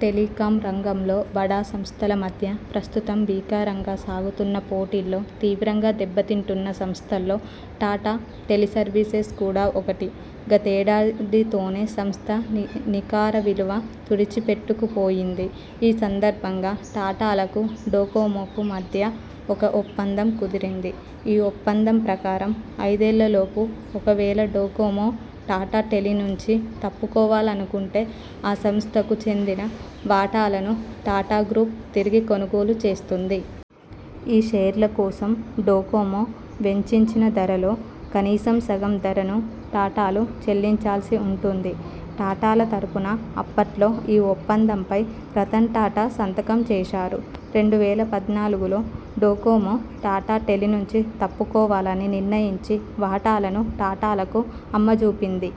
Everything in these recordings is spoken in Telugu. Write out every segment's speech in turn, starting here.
టెలికామ్ రంగంలో బడా సంస్థల మధ్య ప్రస్తుతం భీకరంగా సాగుతున్న పోటీలో తీవ్రంగా దెబ్బతింటున్న సంస్థల్లో టాటా టెలిసర్వీసెస్ కూడా ఒకటి. గతేడాదితోనే సంస్థ నికరవిలువ తుడిచిపెట్టుకుపోయింది. ఈ సందర్భంగా టాటాలకు డొకోమోకు మధ్య ఒక ఒప్పందం కుదిరింది. ఈ ఒప్పందం ప్రకారం ఐదేళ్లలోపు ఒకవేళ డొకోమో టాటా టెలి నుంచి తప్పుకోవాలనుకుంటే ఆ సంస్థకు చెందిన వాటాలను టాటా గ్రూప్ తిరిగి కొనుగోలు చేస్తుంది. ఈ షేర్ల కోసం డొకోమో వెచ్చించిన ధరలో కనీసం సగం ధరను టాటాలు చెల్లించాల్సి ఉంటుంది. టాటాల తరఫున అప్పట్లో ఈ ఒప్పందంపై రతన్ టాటా సంతకం చేశారు. రెండు వేల పద్నాలుగులో డొకోమో టాటా టెలి నుంచి తప్పుకోవాలని నిర్ణయించి, వాటాలను టాటాలకు అమ్మజూపింది.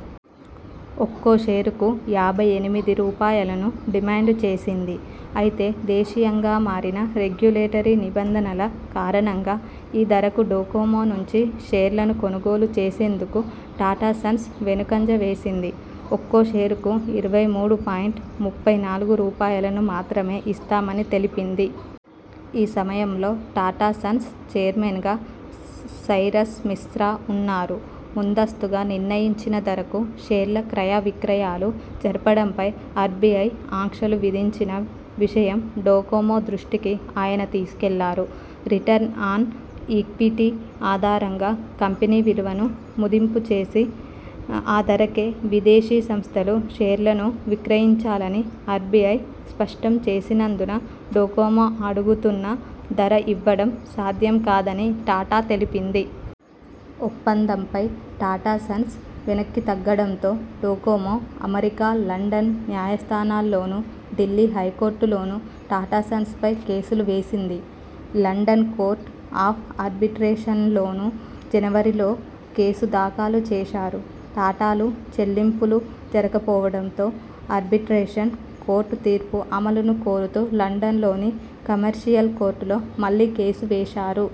ఒక్కో షేరుకు యాభై ఎనిమిది రూపాయలను డిమాండ్ చేసింది. అయితే, దేశీయంగా మారిన రెగ్యులేటరీ నిబంధనల కారణంగా, ఈ ధరకు డొకోమో నుంచి షేర్లను కొనుగోలు చేసేందుకు టాటా సన్స్ వెనకంజ వేసింది. ఒక్కో షేరుకు ఇరవై మూడు పాయింట్ ముప్పై నాలుగు రూపాయలను మాత్రమే ఇస్తామని తెలిపింది. ఈ సమయంలో టాటా సన్స్ చైర్మన్గా సైరస్ మిస్త్ర ఉన్నారు. ముందస్తుగా నిర్ణయించిన ధరకు షేర్ల క్రయవిక్రయాలు జరపడంపై ఆర్బిఐ ఆంక్షలు విధించిన విషయం డొకోమో దృష్టికి ఆయన తీసుకెళ్లారు. రిటర్న్ ఆన్ ఈక్విటీ ఆధారంగా కంపెనీ విలువను మదింపువేసి ఆ ధరకే విదేశీ సంస్థలు షేర్లను విక్రయించాలని ఆర్బిఐ స్పష్టం చేసినందున డొకోమో అడుగుతున్న ధర ఇవ్వడం సాధ్యం కాదని టాటా తెలిపింది. ఒప్పందంపై టాటా సన్స్ వెనక్కితగ్గడంతో, డొకోమో అమెరికా, లండన్ న్యాయస్థానాల్లోనూ ఢిల్లీ హై కోర్టులోనూ టాటా సన్స్ పై కేసులు వేసింది. లండన్ కోర్ట్ ఆఫ్ ఆర్బిట్రేషన్లోనూ జనవరిలో కేసు దాఖలు చేశారు. టాటాలు చెల్లింపులు జరపకపోవడంతో ఆర్బిట్రేషన్ కోర్టు తీర్పు అమలును కోరుతూ లండన్లోని కమర్షియల్ కోర్టులో మళ్లీ కేసు వేశారు.